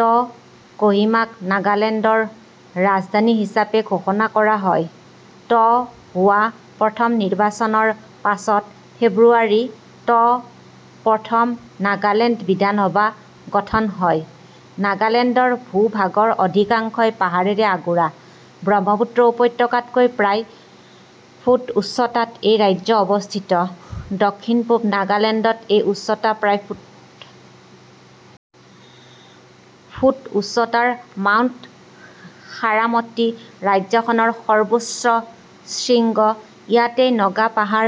ত কহিমাক নাগালেণ্ডৰ ৰাজধানী হিচাপে ঘোষণা কৰা হয়। ত হোৱা প্ৰথম নিৰ্বাচনৰ পাছত ফেব্ৰুৱাৰী ত প্ৰথম নাগালেণ্ড বিধানসভা গঠন হয়।। নাগালেণ্ডৰ ভূ-ভাগৰ অধিকাংশই পাহাৰেৰে আগুৰা। ব্ৰহ্মপুত্ৰ উপত্যকাতকৈ প্ৰায় ফুট ঊচ্চতাত এই ৰাজ্য অৱস্থিত, দক্ষিণ-পূব নাগালেণ্ডত এই ঊচ্চতা প্ৰায় ফুট। ফুট ঊচ্চতাৰ মাউণ্ট সাৰামতি ৰাজ্যখনৰ সৰ্বোচ্চ শৃংগ, ইয়াতেই নগা পাহাৰ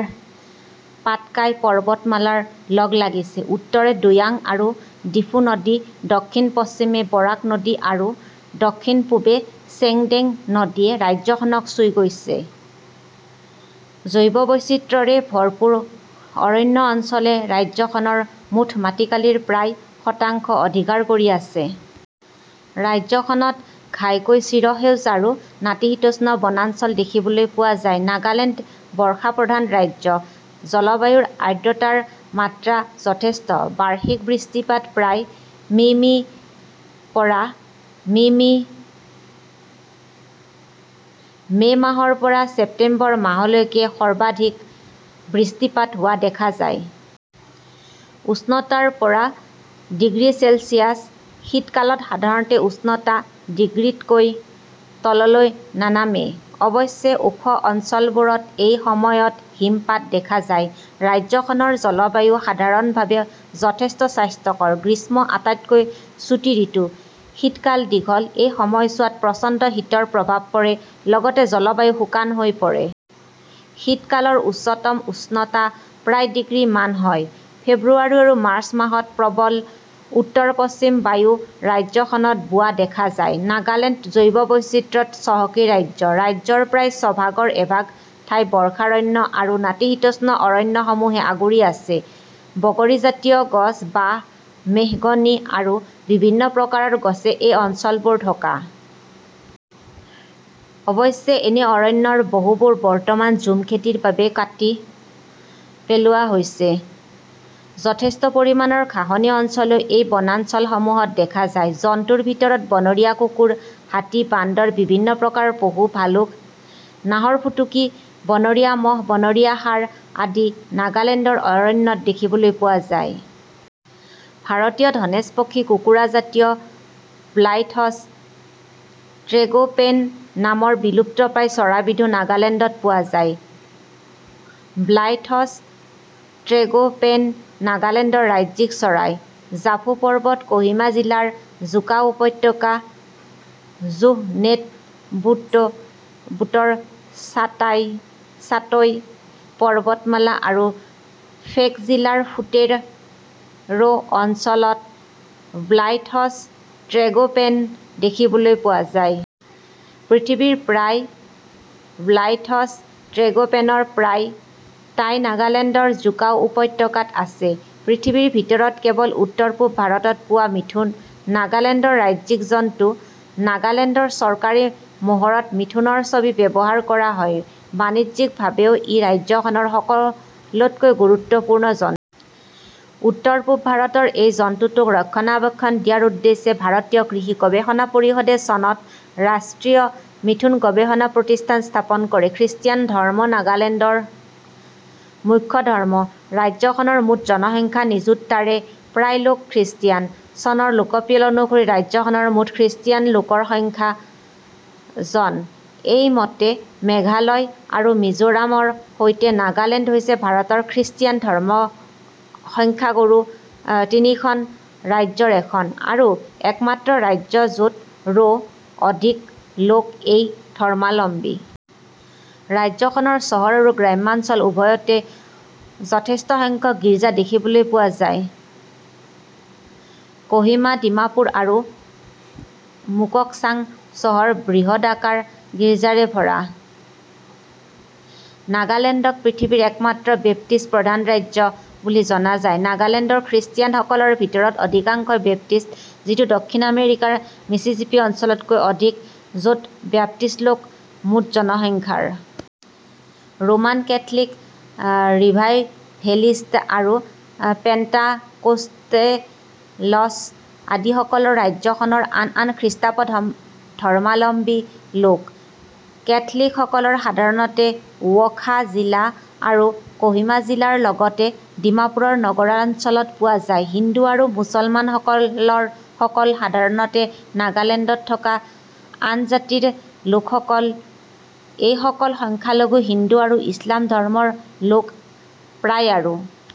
পাটকাই পৰ্বতমালাৰ লগ লাগিছে। উত্তৰে দৈয়াং আৰু ডিফু নদী, দক্ষিণ পশ্চিমে বৰাক নদী আৰু দক্ষিণ পূবে চেংদেং নদীয়ে ৰাজ্যখনক চুই গৈছে। জৈৱবৈচিত্ৰ্যৰে ভৰপূৰ অৰণ্য অঞ্চলে ৰাজ্যখনৰ মুঠ মাটিকালিৰ প্ৰায় শতাংশ অধিকাৰ কৰি আছে। ৰাজ্যখনত ঘাইকৈ চিৰসেউজ আৰু নাতিশীতোষ্ণ বনাঞ্চল দেখিবলৈ পোৱা যায়। নাগালেণ্ড বৰ্ষাপ্ৰধান ৰাজ্য, জলবায়ুৰ আদ্ৰতাৰ মাত্ৰা যথেষ্ট। বাৰ্ষিক বৃষ্টিপাত প্ৰায়, মি. মি. ৰ পৰা, মি. মি.। মে' মাহৰ পৰা চেপ্টেম্বৰ মাহলৈকে সৰ্বাধিক বৃষ্টিপাত হোৱা দেখা যায়। ঊষ্ণতা ৰ পৰা ডিগ্ৰী ছেলচিয়াছ, শীত কালত সাধাৰণতে ঊষ্ণতা ডিগ্ৰীতকৈ তললৈ নানামে, অৱশ্যে ওখ অঞ্চলবোৰত এই সময়ত হিমপাত দেখা যায়। ৰাজ্যখনৰ জলবায়ু সাধাৰণভাবে যথেষ্ট স্বাস্থ্যকৰ। গ্ৰীষ্ম আটাইতকৈ চুটী ঋতু। শীতকাল দীঘল, এই সময়চোৱাত প্ৰচণ্ড শীতৰ প্ৰভাৱ পৰে, লগতে জলবায়ু শুকান হৈ পৰে। শীতকালৰ ঊচ্চতম ঊষ্ণতা প্ৰায় ডিগ্ৰী মান হয়। ফেব্ৰুৱাৰী আৰু মাৰ্চ মাহত প্ৰবল উত্তৰ-পশ্ছিম বায়ু ৰাজ্যখনত বোৱা দেখা যায়। নাগালেণ্ড জৈৱবৈচিত্ৰ্যত চহকী ৰাজ্য, ৰাজ্যৰ প্ৰায় ছভাগৰ এভাগ ঠাই বৰ্ষাৰণ্য আৰু নাতিশীতোষ্ণ অৰণ্য সমূহে আগুৰি আছে, বগৰীজাতীয় গছ, বাঁহ, মেহগনি আৰু বিভিন্ন প্ৰকাৰৰ গছে এই অঞ্চলবোৰ ঢকা। অৱশ্যে এনে অৰণ্যৰ বহুবোৰ বৰ্তমান ঝুম খেতিৰ বাবে কাটি পেলোৱা হৈছে, যথেষ্ট পৰিমাণৰ ঘাঁহনি অঞ্চলো এই বনাঞ্চল সমূহত দেখা যায়। জন্তুৰ ভিতৰত বনৰীয়া কুকুৰ, হাতী, বান্দৰ, বিভিন্ন প্ৰকাৰৰ পহু, ভালুক, নাহৰফুটুকী, বনৰীয়া ম'হ, বনৰীয়া ষাঁড় আদি নাগালেণ্ডৰ অৰণ্যত দেখিবলৈ পোৱা যায়। ভাৰতীয় ধনেশ পক্ষী, কুকুৰাজাতীয় ব্লাইথচ ট্ৰেগ'পেন নামৰ বিলুপ্তপ্ৰায় চৰাইবিধো নাগালেণ্ডত পোৱা যায়। ব্লাইথচ ট্ৰেগ'পেন নাগালেণ্ডৰ ৰাজ্যিক চৰাই। জাফু পৰ্বত, ক'হিমা জিলাৰ জুকাও উপত্যকা, জুহনেবুট'ৰ চাত'ই পৰ্বতমালা আৰু ফেক জিলাৰ ফুতেৰ' অঞ্চলত ব্লাইথচ ট্ৰেগ'পেন দেখিবলৈ পোৱা যায়। পৃথিৱীৰ প্ৰায়, ব্লাইথচ ট্ৰেগ'পেনৰ প্ৰায়, টাই নাগালেণ্ডৰ জুকাও উপত্যকাত আছে। পৃথিৱীৰ ভিতৰত কেৱল উত্তৰ-পূব ভাৰতত পোৱা মিথুন, নাগালেণ্ডৰ ৰাজ্যিক জন্তু, নাগালেণ্ডৰ চৰকাৰী মোহৰত মিথুনৰ ছবি ব্যৱহাৰ কৰা হয়। বাণিজ্যিক ভাবেও ই ৰাজ্যখনৰ সকলোতকৈ গুৰুত্বপূৰ্ণ জন্তু। উত্তৰ-পূব ভাৰতৰ এই জন্তুটোক ৰক্ষণাবেক্ষণ দিয়াৰ ঊদ্দেশ্যে ভাৰতীয় কৃষি গৱেষণা পৰিষদে চনত ৰাষ্ট্ৰীয় মিথুন গৱেষণা প্ৰতিষ্ঠান স্থাপন কৰে। খ্ৰীষ্টিয়ান ধৰ্ম নাগালেণ্ডৰ মুখ্য ধৰ্ম। ৰাজ্যখনৰ মুঠ জনসংখ্যা নিযুত তাৰে প্ৰায় লোক খ্ৰীষ্টিয়ান। চনৰ লোকপিয়ল অনুসৰি ৰাজ্যখনৰ মুঠ খ্ৰীষ্টিয়ান লোকৰ সংখ্যা, জন, এই মতে মেঘালয় আৰু মিজোৰাম ৰ সৈতে নাগালেণ্ড হৈছে ভাৰতৰ খ্ৰীষ্টিয়ান ধৰ্মৰ সংখ্যাগুৰু তিনিখন ৰাজ্যৰ এখন, আৰু একমাত্ৰ ৰাজ্য য'ত ৰো অধিক লোক এই ধৰ্মালম্বী। ৰাজ্যখনৰ চহৰ আৰু গ্ৰামাঞ্চল ঊভয়তে যথেষ্টসংখ্যক গীৰ্জা দেখিবলৈ পোৱা য়ায়। ক'হিমা, ডিমাপুৰ আৰু মুককচাং চহৰ বৃহদাকাৰ গীৰ্জাৰে ভৰা। নাগালেণ্ডক পৃথিৱীৰ একমাত্ৰ বেপ্টিষ্ট প্ৰধান ৰাজ্য বুলি জনা যায়। নাগালেণ্ডৰ খ্ৰীষ্টিয়ানসকলৰ ভিতৰত অধিকাংশই বেপ্টিষ্ট,, যিটো দক্ষিণ আমেৰিকাৰ মিছিছিপি অঞ্চলতকৈ অধিক, য'ত ব্যপ্টিষ্ট লোক মুঠ জনসংখ্যাৰ। ৰোমান কেথলিক, ৰিভাইভেলিষ্ট আৰু পেণ্টাকোষ্টেলচ আদিসকলৰ ৰাজ্যখনৰ আন আন খ্ৰীষ্টধৰ্মালম্বী লোক। কেথলিক সকলক সাধাৰণতে ৱ'খা জিলা আৰু ক'হিমা জিলাৰ লগতে ডিমাপুৰৰ নগৰাঞ্চলত পোৱা যায়। হিন্দু আৰু মুছলমান সকল সাধাৰণতে নাগালেণ্ডত থকা আনজাতিৰ লোকসকল, এইসকল সংখ্যালঘু হিন্দু আৰু ইছলাম ধৰ্মৰ লোক প্ৰায় আৰু।